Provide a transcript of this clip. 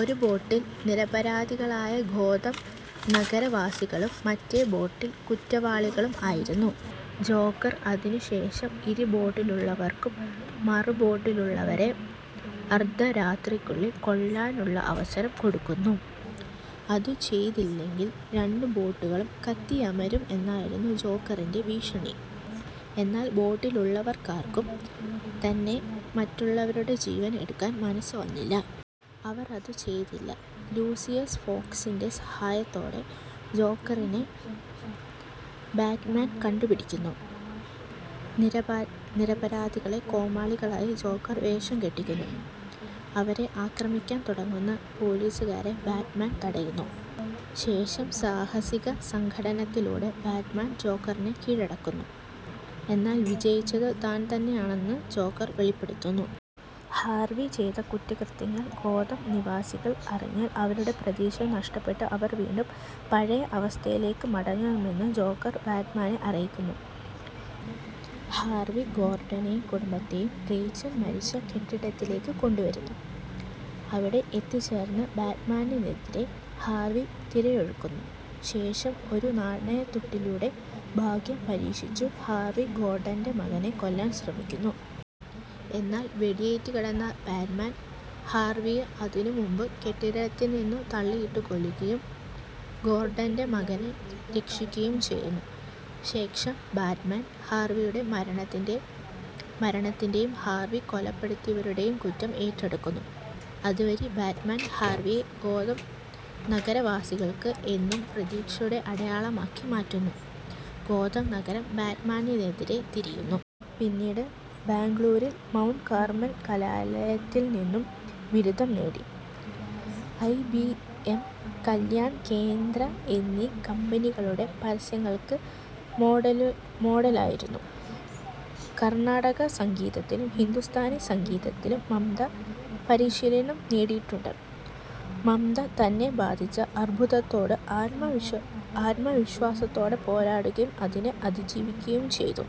ഒരു ബോട്ടിൽ നിരപരാധികളായ ഗോതം നഗരവാസികളും മറ്റേ ബോട്ടിൽ കുറ്റവാളികളും ആയിരുന്നു. ജോക്കർ അതിനു ശേഷം ഇരു ബോട്ടിലുള്ളവർക്കും മറുബോട്ടിലുള്ളവരെ അർദ്ധരാത്രിക്കുള്ളിൽ കൊല്ലാനുള്ള അവസരം കൊടുക്കുന്നു. അതു ചെയ്തില്ലെങ്കിൽ രണ്ടു ബോട്ടുകളും കത്തിയമരും എന്നായിരുന്നു ജോക്കറിന്റെ ഭീഷണി. എന്നാൽ ബോട്ടിലുല്ലവർക്കർക്കും തന്നെ മറ്റുള്ളവരുടെ ജീവൻ എടുക്കാൻ മനസ്സ് വന്നില്ല. അവർ അതു ചെയ്തില്ല. ലൂസിയസ് ഫോക്സിന്റെ സഹായത്തോടെ ജോക്കറിനെ ബാറ്റ്മാൻ കണ്ടു പിടിക്കുന്നു. നിരപരാധികളെ കോമാളികളായി ജോക്കർ വേഷം കെട്ടിക്കുന്നു. അവരെ ആക്രമിക്കാൻ തുടങ്ങുന്ന പോലീസുകാരെ ബാറ്റ്മാൻ തടയുന്നു. ശേഷം സാഹസിക സംഘട്ടനത്തിലൂടെ ബാറ്റ്മാൻ ജോക്കറെ കീഴടക്കുന്നു. എന്നാൽ വിജയിച്ചതു താൻ തന്നെയാണെന്ന് ജോക്കർ വെളിപെടുത്തുന്നു. ഹാർവി ചെയ്ത ക്രൂരകൃത്യങ്ങൾ ഗോതം നഗരവാസികൾ അറിഞ്ഞാൽ അവരുടെ പ്രതീക്ഷ നഷ്ടപ്പെട്ട് അവർ വീണ്ടും പഴയ അവസ്ഥയിലേക് മടങ്ങുമെന്ന് ജോക്കർ ബാറ്റ്മാനെ അറിയിക്കുന്നു. ഹാർവി ഗോർഡനെയും കുടുംബത്തെയും റെച്ചൽ മരിച്ച കെട്ടിടത്തിലേക്ക് കൊണ്ടുവരുന്നു. അവിടെ എത്തിച്ചേർന്ന ബാറ്റ്മാനെതിരെ ഹാർവി തിരയൊഴിക്കുന്നു. ശേഷം ഒരു നാണയതുട്ടിലൂടെ ഭാഗ്യം പരീക്ഷിച്ചു ഹാർവി ഗോർഡന്റെ മകനെ കൊല്ലാൻ ശ്രമിക്കുന്നു. എന്നാൽ വെടിയേറ്റ് കിടന്ന ബാറ്റ്മാൻ ഹർവിയെ അതിനു മുമ്പ് കെട്ടിടത്തിൽ നിന്ന് തള്ളിയിട്ടു കൊല്ലുകയും ഗോർഡന്റെ മകനെ രക്ഷിക്കുകയുംചെയ്യുന്നു. ശേഷം ബാറ്റ്മാൻ ഹാർവിയുടെ മരണത്തിന്റെയും ഹാർവി കൊലപെടുത്തിയവരുടെയും കുറ്റം ഏറ്റെടുക്കുന്നു. അതു വഴി ബാറ്റ്മാൻ ഹാർവിയെ ഗോതം നഗരവാസികൾക്ക് എന്നും പ്രതീക്ഷയുടെ അടയാളമാക്കി മാറ്റുന്നു. ഗോതം നഗരം ബാറ്റ്മാനെതിരെ തിരിയുന്നു. പിന്നീട് ബാംഗളൂരിൽ മൗണ്ട് കാർമൽ കലാലയത്തിൽ നിന്നു ബിരുദം നേടി. I. B. M, Kalyan Kendra എന്നീ കമ്പനികളുടെ പരസ്യങ്ങൾക്ക് മോഡലായിരുന്നു. കർണ്ണാട സംഗീതത്തിലും ഹിന്ദുസ്ഥാനി സംഗീതത്തിലും മംത പരിശീലനം നേടിയിട്ടുണ്ട്. മംത തന്നെ ബാധിച്ച അർബുദത്തോട് ആത്മവിശ്വാസത്തോടെ പോരാടുകയും അതിനെ അതിജീവിക്കുകയും ചെയ്തു.